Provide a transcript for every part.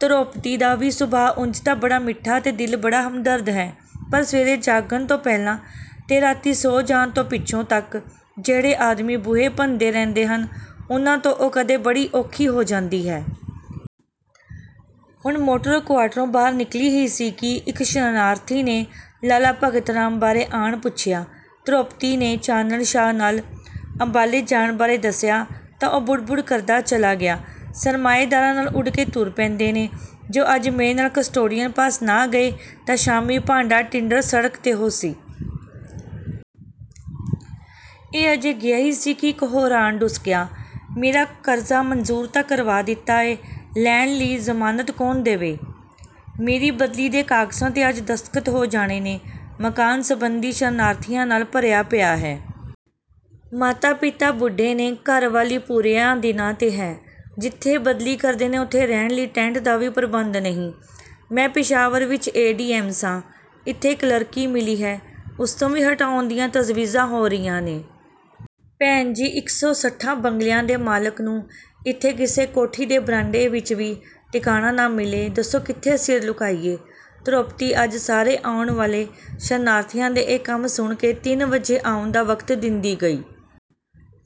ਧਰੋਪਤੀ ਦਾ ਵੀ ਸੁਭਾਅ ਉਂਜ ਤਾਂ ਬੜਾ ਮਿੱਠਾ ਤੇ ਦਿਲ ਬੜਾ ਹਮਦਰਦ ਹੈ, ਪਰ ਸਵੇਰੇ ਜਾਗਣ ਤੋਂ ਪਹਿਲਾਂ ਤੇ ਰਾਤੀਂ ਸੌਂ ਜਾਣ ਤੋਂ ਪਿੱਛੋਂ ਤੱਕ ਜਿਹੜੇ ਆਦਮੀ ਬੂਹੇ ਭੰਨਦੇ ਰਹਿੰਦੇ ਹਨ, ਉਨ੍ਹਾਂ ਤੋਂ ਉਹ ਕਦੇ ਬੜੀ ਔਖੀ ਹੋ ਜਾਂਦੀ ਹੈ। ਹੁਣ ਮੋਟਰ ਕੁਆਰਟਰੋਂ ਬਾਹਰ ਨਿਕਲੀ ਹੀ ਸੀ ਕਿ ਇੱਕ ਸ਼ਰਨਾਰਥੀ ਨੇ ਲਾਲਾ ਭਗਤ ਰਾਮ ਬਾਰੇ ਆਣ ਪੁੱਛਿਆ। ਧਰੋਪਤੀ ਨੇ ਚਾਨਣ ਸ਼ਾਹ ਨਾਲ ਅੰਬਾਲੇ ਜਾਣ ਬਾਰੇ ਦੱਸਿਆ ਤਾਂ ਉਹ ਬੁੜ-ਬੁੜ ਕਰਦਾ ਚਲਾ ਗਿਆ। "ਸਰਮਾਏਦਾਰਾਂ ਨਾਲ ਉਡ ਕੇ ਤੁਰ ਪੈਂਦੇ ਨੇ, ਜੇ ਅੱਜ ਮੇਰੇ ਨਾਲ ਕਸਟੋਡੀਅਨ ਪਾਸ ਨਾ ਗਏ ਤਾਂ ਸ਼ਾਮੀਂ ਭਾਂਡਾ-ਟਿੰਡਰ ਸੜਕ 'ਤੇ ਹੋਸੀ।" ਇਹ ਅਜੇ ਗਿਆ ਹੀ ਸੀ ਕਿ ਇੱਕ ਹੋਰ ਆਣ ਡੁਸਕਿਆ। "ਮੇਰਾ ਕਰਜ਼ਾ ਮਨਜ਼ੂਰ ਤਾਂ ਕਰਵਾ ਦਿੱਤਾ ਏ, ਲੈਣ ਲਈ ਜ਼ਮਾਨਤ ਕੌਣ ਦੇਵੇ?" ਮੇਰੀ ਬਦਲੀ ਦੇ ਕਾਗਜ਼ਾਂ 'ਤੇ ਅੱਜ ਦਸਤਖਤ ਹੋ ਜਾਣੇ ਨੇ, ਮਕਾਨ ਸਬੰਧੀ ਸ਼ਰਨਾਰਥੀਆਂ ਨਾਲ ਭਰਿਆ ਪਿਆ ਹੈ। ਮਾਤਾ-ਪਿਤਾ ਬੁੱਢੇ ਨੇ, ਘਰ ਵਾਲੀ ਪੂਰਿਆਂ ਦਿਨਾਂ 'ਤੇ ਹੈ, ਜਿੱਥੇ ਬਦਲੀ ਕਰਦੇ ਨੇ, ਉਥੇ ਰਹਿਣ ਲਈ ਟੈਂਟ ਦਾ ਵੀ ਪ੍ਰਬੰਧ ਨਹੀਂ। "ਮੈਂ ਪਿਸ਼ਾਵਰ ਵਿੱਚ ਏ. ਡੀ. ਐਮ. ਸਾਂ, ਇੱਥੇ ਕਲਰਕੀ ਮਿਲੀ ਹੈ, ਉਸ ਤੋਂ ਵੀ ਹਟਾਉਣ ਦੀਆਂ ਤਜਵੀਜ਼ਾਂ ਹੋ ਰਹੀਆਂ ਨੇ।" ਭੈਣ ਜੀ, ਇਕ ਸੌ ਸੱਠਾਂ ਬੰਗਲਿਆਂ ਦੇ ਮਾਲਕ ਨੂੰ ਇੱਥੇ ਕਿਸੇ ਕੋਠੀ ਦੇ ਬਰਾਂਡੇ ਵਿੱਚ ਵੀ ਟਿਕਾਣਾ ਨਾ ਮਿਲੇ, ਦੱਸੋ ਕਿੱਥੇ ਸਿਰ ਲੁਕਾਈਏ? ਧਰੋਪਤੀ ਅੱਜ ਸਾਰੇ ਆਉਣ ਵਾਲੇ ਸ਼ਰਨਾਰਥੀਆਂ ਦੇ ਇਹ ਕੰਮ ਸੁਣ ਕੇ ਤਿੰਨ ਵਜੇ ਆਉਣ ਦਾ ਵਕਤ ਦਿੰਦੀ ਗਈ।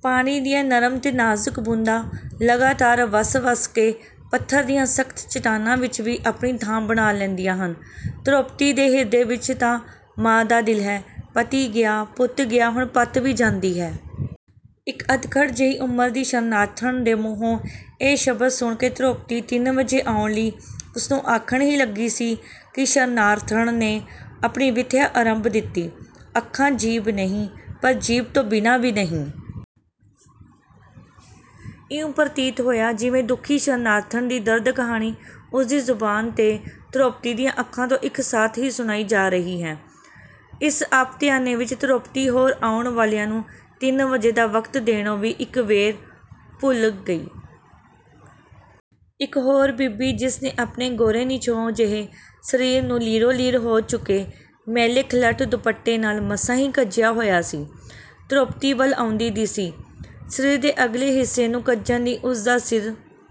ਪਾਣੀ ਦੀਆਂ ਨਰਮ ਤੇ ਨਾਜ਼ੁਕ ਬੂੰਦਾਂ ਲਗਾਤਾਰ ਵਸ-ਵਸ ਕੇ ਪੱਥਰ ਦੀਆਂ ਸਖਤ ਚੱਟਾਨਾਂ ਵਿੱਚ ਵੀ ਆਪਣੀ ਥਾਂ ਬਣਾ ਲੈਂਦੀਆਂ ਹਨ। ਧਰੋਪਤੀ ਦੇ ਹਿਰਦੇ ਵਿੱਚ ਤਾਂ ਮਾਂ ਦਾ ਦਿਲ ਹੈ। "ਪਤੀ ਗਿਆ, ਪੁੱਤ ਗਿਆ, ਹੁਣ ਪਤ ਵੀ ਜਾਂਦੀ ਹੈ।" ਇੱਕ ਅੱਧਖੜ੍ਹ ਜਿਹੀ ਉਮਰ ਦੀ ਸ਼ਰਨਾਰਥਣ ਦੇ ਮੂੰਹੋਂ ਇਹ ਸ਼ਬਦ ਸੁਣ ਕੇ ਧਰੋਪਤੀ ਤਿੰਨ ਵਜੇ ਆਉਣ ਲਈ ਉਸ ਨੂੰ ਆਖਣ ਹੀ ਲੱਗੀ ਸੀ ਕਿ ਸ਼ਰਨਾਰਥਣ ਨੇ ਆਪਣੀ ਵਿੱਥਿਆ ਅਰੰਭ ਦਿੱਤੀ। ਅੱਖਾਂ ਜੀਭ ਨਹੀਂ, ਪਰ ਜੀਭ ਤੋਂ ਬਿਨਾਂ ਵੀ ਨਹੀਂ। ਇਉਂ ਪ੍ਰਤੀਤ ਹੋਇਆ ਜਿਵੇਂ ਦੁਖੀ ਸ਼ਰਨਾਰਥਣ ਦੀ ਦਰਦ ਕਹਾਣੀ ਉਸ ਦੀ ਜ਼ੁਬਾਨ ਤੇ ਧਰੋਪਤੀ ਦੀਆਂ ਅੱਖਾਂ ਤੋਂ ਇੱਕ ਸਾਥ ਹੀ ਸੁਣਾਈ ਜਾ ਰਹੀ ਹੈ। ਇਸ ਆਪ ਧਿਆਨੇ ਵਿੱਚ ਧਰੋਪਤੀ ਹੋਰ ਆਉਣ ਵਾਲਿਆਂ ਨੂੰ ਤਿੰਨ ਵਜੇ ਦਾ ਵਕਤ ਦੇਣੋਂ ਵੀ ਇੱਕ ਵੇਰ ਭੁੱਲ ਗਈ। ਇੱਕ ਹੋਰ ਬੀਬੀ ਜਿਸ ਨੇ ਆਪਣੇ ਗੋਰੇ ਨਿਛੋਹ ਜਿਹੇ ਸਰੀਰ ਨੂੰ ਲੀਰੋ-ਲੀਰ ਹੋ ਚੁੱਕੇ ਮੈਲੇ ਖਲੱਟ ਦੁਪੱਟੇ ਨਾਲ ਮਸਾਂ ਹੀ ਕੱਜਿਆ ਹੋਇਆ ਸੀ, ਧਰੋਪਤੀ ਵੱਲ ਆਉਂਦੀ ਦਿਸੀ। ਸਰੀਰ ਦੇ ਅਗਲੇ ਹਿੱਸੇ ਨੂੰ ਕੱਜਣ ਲਈ ਉਸ ਦਾ ਸਿਰ